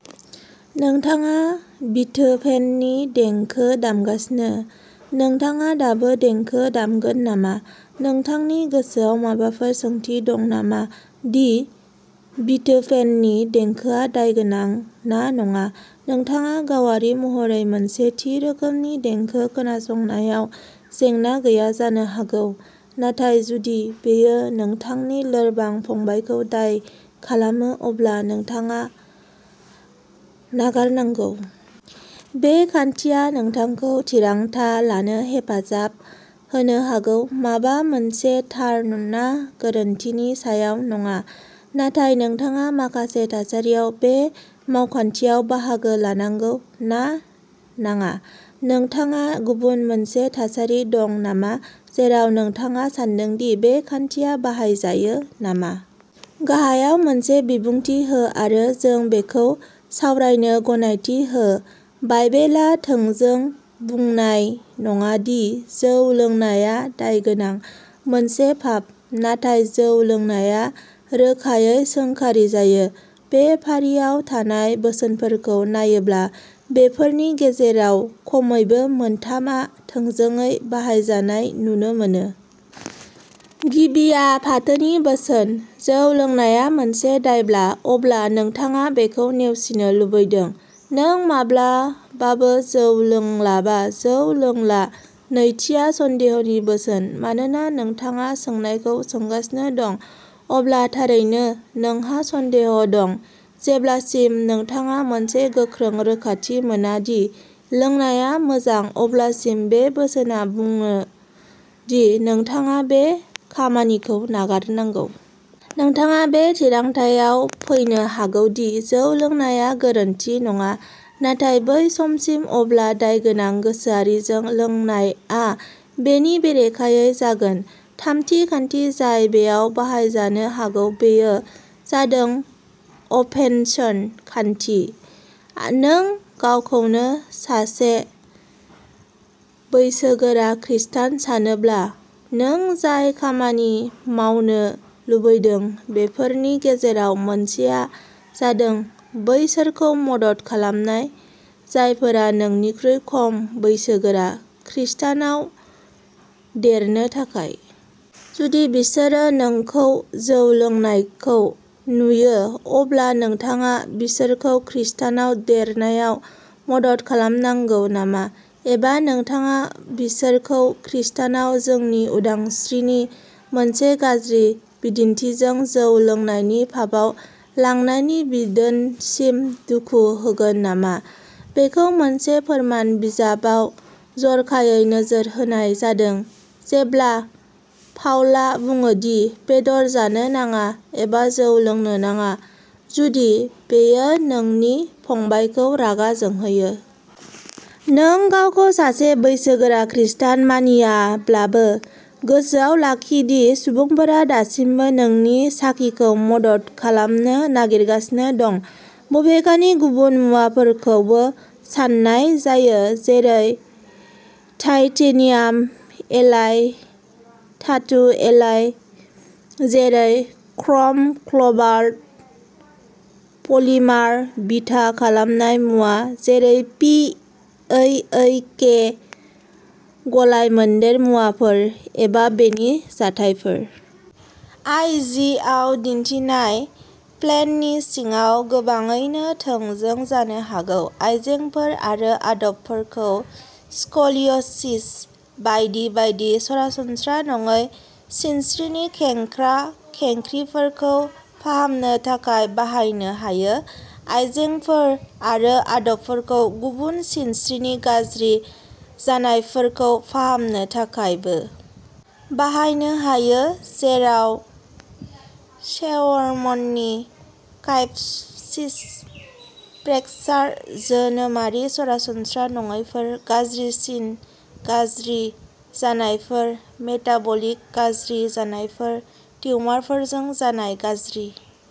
नोंथाङा बीथोभेननि देंखो दामगासिनो, नोंथाङा दाबो देंखो दामगोन नामा? नोंथांनि गोसोआव माबाफोर सोंथि दं नामा दि बीथोभेननि देंखोआ दायगोनां ना नङा? नोंथाङा गावारि महरै मोनसे थि रोखोमनि देंखो खोनासंनायाव जेंना गैया जानो हागौ, नाथाय जुदि बेयो नोंथांनि लोरबां फंबायखौ दाय खालामो अब्ला नोंथाङा नागारनांगौ। बे खान्थिया नोंथांखौ थिरांथा लानो हेफाजाब होनो हागौ माबा मोनसे थार ना गोरोन्थिनि सायाव नङा, नाथाय नोंथाङा माखासे थासारियाव बे मावखान्थियाव बाहागो लानांगौ ना नाङा। नोंथांहा गुबुन मोनसे थासारि दं नामा जेराव नोंथाङा सानदों दि बे खान्थिया बाहायजायो नामा? गाहायाव मोनसे बिबुंथि हो आरो जों बेखौ सावरायनो गनायथि हो। बाइबेला थोंजों बुंनाय नङा दि जौ लोंनाया दायगोनां। मोनसे पाप। नाथाय जौ लोंनाया रोखायै सोंखारिजायो। बे फारिआव थानाय बोसोनफोरखौ नायोब्ला, बेफोरनि गेजेराव खमैबो मोनथामआ थोंजोङै बाहायजानाय नुनो मोनो। गिबिया फाथोनि बोसोन। जौ लोंनाया मोनसे दायब्ला, अब्ला नोंथाङा बेखौ नेवसिनो लुबैदों। नों माब्लाबाबो जौ लोंलाबा जौ लोंला। नैथिआ सन्देहनि बोसोन। मानोना नोंथाङा सोंनायखौ सोंगासिनो दं, अब्ला थारैनो नोंहा सन्देह दं। जेब्लासिम नोंथाङा मोनसे गोख्रों रोखाथि मोना दि लोंनाया मोजां, अब्लासिम बे बोसोनआ बुङो दि नोंथाङा बे खामानिखौ नागारनांगौ। नोंथाङा बे थिरांथायाव फैनो हागौ दि जौ लोंनाया गोरोन्थि नङा, नाथाय बै समसिम, अब्ला दायगोनां गोसोआरिजों लोंनायआ बेनि बेरेखायै जागोन। थामथि खान्थि जाय बेयाव बाहायजानो हागौ बेयो जादों अफेन्स खान्थि। नों गावखौनो सासे बैसोगोरा खृस्टान सानोब्ला, नों जाय खामानि मावनो लुबैदों, बेफोरनि गेजेराव मोनसेआ जादों बैसोरखौ मदद खालामनाय, जायफोरा नोंनिख्रुइ खम बैसोगोरा, खृष्टानआव देरनो थाखाय। जुदि बिसोरो नोंखौ जौ लोंनायखौ नुयो, अब्ला नोंथाङा बिसोरखौ खृष्टानआव देरनायाव मदद खालामगौ नामा? एबा, नोंथाङा बिसोरखौ ख्रीष्टानआव जोंनि उदांस्रिनि मोनसे गाज्रि बिदिन्थिजों जौ लोंनायनि पापआव लांनायनि बिन्दोसिम दुखु होगोन नामा? बेखौ मोनसे फोरमान बिजाबाव जर'खायै नोजोर होनाय जादों, जेब्ला पाउला बुङो दि बेदर जानो नाङा एबा जौ लोंनो नाङा, जुदि बेयो नोंनि फंबायखौ रागा जोंहोयो। नों गावखौ सासे बैसोगोरा खृस्टान मानियाब्लाबो, गोसोआव लाखि दि सुबुंफोरा दासिमबो नोंनि साखिखौ मदद खालामनो नागिरगासिनो दं। बबेखानि, गुबुन मुवाफोरखौबो सान्नाय जायो, जेरै, टाइटेनियाम एलाय, धातु एलाय जेरै क्र'म-कबाल्ट, पलिमार बिथा खालामनाय मुवा जेरै पी ऐ ऐ के गलायमोन्देर मुवाफोर, एबा बेनि जथायफोर। आइ जि आव दिन्थिनाय प्लेननि सिङाव गोबाङैनो थोंजों जानो हागौ। आइजेंफोर आरो आदबफोरखौ स्क'लिय'सिस बायदि बायदि सरासनस्रा नङै सिनस्रिनि खेंख्रा-खेंख्रिफोरखौ फाहामनो थाखाय बाहायनो हायो। आइजेंफोर आरो आदबफोरखौ गुबुन सिनस्रिनि गाज्रि जानायफोरखौ फाहामनो थाखायबो बाहायनो हायो, जेराव शेउर्मननि काइफ'सिस, फ्रेकचार, जोनोमारि सरासनस्रा नङैफोर, गाज्रिसिन गाज्रि जानायफोर, मेटाबलिक गाज्रि जानायफोर, टिउमारफोरजों जानाय गाज्रि